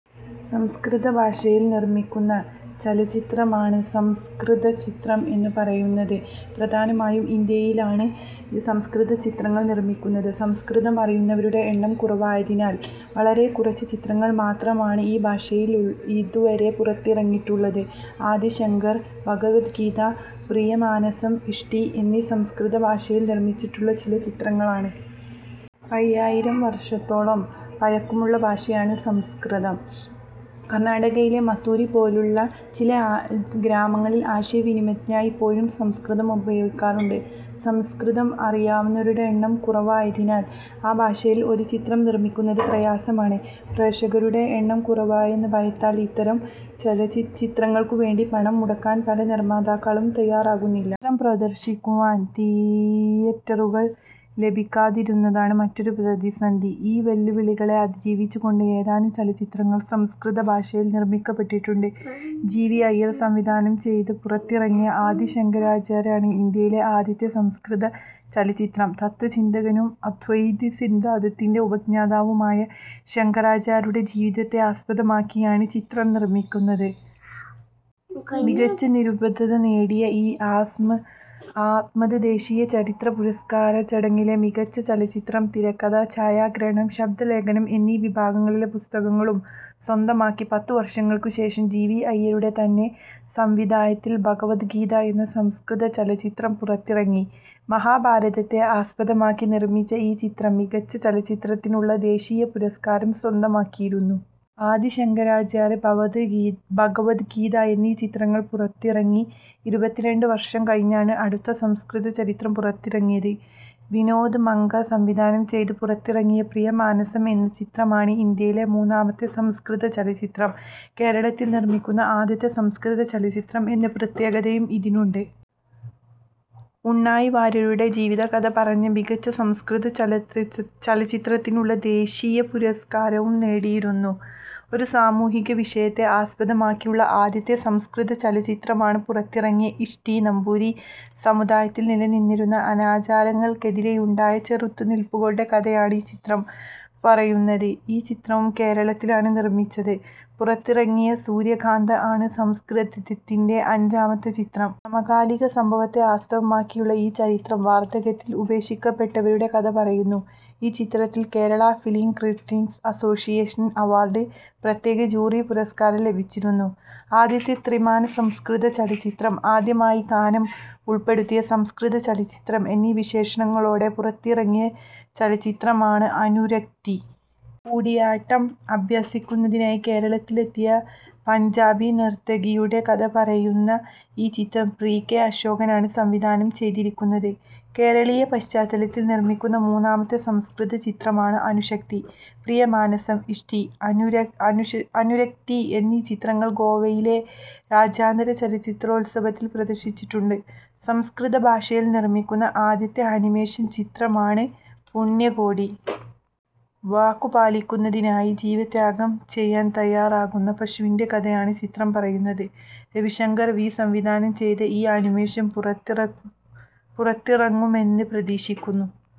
സംസ്കൃത ഭാഷയിൽ നിർമ്മിക്കുന്ന ചലച്ചിത്രത്തെയാണ് സംസ്കൃത ചലച്ചിത്രം എന്നുപറയുന്നത്. പ്രധാനമായും ഇന്ത്യയിലാണ് സംസ്കൃതചലച്ചിത്രങ്ങൾ നിർമ്മിക്കപ്പെടുന്നത്. സംസ്കൃതം അറിയാവുന്നവരുടെ എണ്ണം കുറവായതിനാൽ വളരെ കുറച്ച് ചലച്ചിത്രങ്ങൾ മാത്രമാണ് ഈ ഭാഷയിൽ ഇതുവരെ പുറത്തിറങ്ങിയിട്ടുള്ളത്. ആദി ശങ്കർ, ഭഗവദ് ഗീത, പ്രിയമാനസം, ഇഷ്ടി എന്നിവ സംസ്കൃത ഭാഷയിൽ നിർമ്മിച്ചിട്ടുള്ള ചില ചലച്ചിത്രങ്ങളാണ്. അയ്യായിരം വർഷത്തോളം പഴക്കമുള്ള ഭാഷയാണ് സംസ്കൃതം. കർണാടകയിലെ മത്തൂരു പോലുള്ള ചില ഗ്രാമങ്ങളിൽ ആശയവിനിമയത്തിനായി ഇപ്പോഴും സംസ്കൃതം ഉപയോഗിക്കുന്നുണ്ട്. സംസ്കൃതം അറിയാവുന്നവരുടെ എണ്ണം കുറഞ്ഞുവരുന്നതിനാൽ ആ ഭാഷയിൽ ഒരു ചലച്ചിത്രം നിർമ്മിക്കുക പ്രയാസമാണ്. പ്രേക്ഷകരുടെ എണ്ണം കുറയുമെന്ന ഭയത്താൽ ഇത്തരം ചിത്രങ്ങൾക്കു വേണ്ടി പണം മുടക്കാൻ പല നിർമ്മാതാക്കളും തയ്യാറാകുന്നില്ല. ചിത്രം പ്രദർശിപ്പിക്കുവാൻ തീയറ്ററുകൾ ലഭിക്കാതിരിക്കുന്നതാണ് മറ്റൊരു പ്രതിസന്ധി. ഈ വെല്ലുവിളികളെ അതിജീവിച്ചുകൊണ്ട് ഏതാനും ചലച്ചിത്രങ്ങൾ സംസ്കൃത ഭാഷയിൽ നിർമ്മിക്കപ്പെട്ടിട്ടുണ്ട്. ജി. വി. അയ്യർ സംവിധാനം ചെയ്ത് -ൽ പുറത്തിറങ്ങിയ ആദി ശങ്കരാചാര്യയാണ് ഇന്ത്യയിലെ ആദ്യത്തെ സംസ്കൃത ചലച്ചിത്രം. തത്വചിന്തകനും അദ്വൈതസിദ്ധാന്തത്തിന്റെ ഉപജ്ഞാതാവുമായ ശങ്കരാചാര്യരുടെ ജീവിതത്തെ ആസ്പദമാക്കിയാണ് ചിത്രം നിർമ്മിച്ചിരിക്കുന്നത്. മികച്ച നിരൂപകശ്രദ്ധ നേടിയ ഈ -ആമത് ദേശീയ ചലച്ചിത്ര പുരസ്കാരദാനച്ചടങ്ങിൽ മികച്ച ചലച്ചിത്രം, തിരക്കഥ, ഛായാഗ്രഹണം, ശബ്ദലേഖനം എന്നീ വിഭാഗങ്ങളിലെ പുരസ്കാരങ്ങളും സ്വന്തമാക്കി. പത്തുവർഷങ്ങൾക്കു ശേഷം ജി. വി. അയ്യരുടെ തന്നെ സംവിധാനത്തിൽ ഭഗവദ് ഗീത എന്ന സംസ്കൃത ചലച്ചിത്രം പുറത്തിറങ്ങി. മഹാഭാരതത്തെ ആസ്പദമാക്കി നിർമ്മിച്ച ഈ ചിത്രവും മികച്ച ചലച്ചിത്രത്തിനുള്ള ദേശീയ പുരസ്കാരം സ്വന്തമാക്കിയിരുന്നു. ആദി ശങ്കരാചാര്യ, ഭഗവദ് ഗീത എന്നീ ചിത്രങ്ങൾ പുറത്തിറങ്ങി ഇരുപത്തിരണ്ട് വർഷം കഴിഞ്ഞാണ് അടുത്ത സംസ്കൃതചലച്ചിത്രം പുറത്തിറങ്ങുന്നത്. വിനോദ് മങ്കര സംവിധാനം ചെയ്ത് പുറത്തിറങ്ങിയ പ്രിയമാനസം എന്ന ചിത്രമാണ് ഇന്ത്യയിലെ മൂന്നാമത്തെ സംസ്കൃത ചലച്ചിത്രം. കേരളത്തിൽ നിർമ്മിക്കുന്ന ആദ്യത്തെ സംസ്കൃത ചലച്ചിത്രം എന്ന പ്രത്യേകതയും ഇതിനുണ്ട്. ഉണ്ണായി വാര്യരുടെ ജീവിതകഥ പറഞ്ഞ ഈ മികച്ച സംസ്കൃത ചലച്ചിത്രത്തിനുള്ള ദേശീയ പുരസ്കാരവും നേടിയിരുന്നു. ഒരു സാമൂഹ്യ വിഷയത്തെ ആസ്പദമാക്കിയുള്ള ആദ്യത്തെ സംസ്കൃത ചലച്ചിത്രമാണ് പുറത്തിറങ്ങിയ ഇഷ്ടി. നമ്പൂതിരി സമുദായത്തിൽനിലനിന്നിരുന്ന അനാചാരങ്ങൾക്കെതിരെയുണ്ടായ ചെറുത്തുനിൽപ്പുകളുടെ കഥയാണ് ഈ ചിത്രം പറയുന്നത്. ഈ ചിത്രവും കേരളത്തിലാണ് നിർമ്മിച്ചത്. പുറത്തിറങ്ങിയ സൂര്യകാന്തഃ ആണ് സംസ്കൃതത്തിലെ അഞ്ചാമത്തെ ചലച്ചിത്രം. സമകാലിക സംഭവത്തെ ആസ്പദമാക്കിയുള്ള ഈ ചലച്ചിത്രം, വാർദ്ധക്യത്തിൽ ഉപേക്ഷിക്കപ്പെടുന്നവരുടെ കഥപറയുന്നു. ഈ ചിത്രത്തിന് കേരള ഫിലിം ക്രിട്ടിക്സ് അസോസിയേഷൻ അവാർഡ്സിൽ പ്രത്യേക ജൂറി പുരസ്കാരം ലഭിച്ചിരുന്നു. ആദ്യത്തെ ത്രിമാന സംസ്കൃത ചലച്ചിത്രം, ആദ്യമായി ഗാനം ഉൾപ്പെടുത്തിയ സംസ്കൃത ചലച്ചിത്രം എന്നീ വിശേഷണങ്ങളോടെ പുറത്തിറങ്ങിയ ചലച്ചിത്രമാണ് അനുരക്തി. കൂടിയാട്ടം അഭ്യസിക്കുന്നതിനായി കേരളത്തിലെത്തിയ പഞ്ചാബി നർത്തകിയുടെ കഥ പറയുന്ന ഈ ചിത്രം പി. കെ. അശോകനാണ് സംവിധാനം ചെയ്തതിരിക്കുന്നത്. കേരളീയ പശ്ചാത്തലത്തിൽ നിർമ്മിക്കുന്ന മൂന്നാമത്തെ സംസ്കൃതചലച്ചിത്രമാണ് അനുരക്തി. പ്രിയമാനസം, ഇഷ്ടി, അനുരക്തി എന്നീ ചലച്ചിത്രങ്ങൾ ഗോവയിലെ രാജ്യാന്തര ചലച്ചിത്രോത്സവത്തിൽ പ്രദർശിപ്പിച്ചിട്ടുണ്ട്. സംസ്കൃത ഭാഷയിൽ നിർമ്മിക്കുന്ന ആദ്യത്തെ അനിമേഷൻ ചലച്ചിത്രമാണ് പുണ്യകോടി. വാക്കുപാലിക്കുന്നതിനായി ജീവത്യാഗം ചെയ്യാൻതയ്യാറാകുന്ന പശുവിന്‍റെ കഥയാണ് ചിത്രം പറയുന്നത്. രവി ശങ്കർ വി. സംവിധാനം ചെയ്ത ഈ അനിമേഷൻ പുറത്തിറങ്ങുമെന്ന് പ്രതീക്ഷിക്കുന്നു.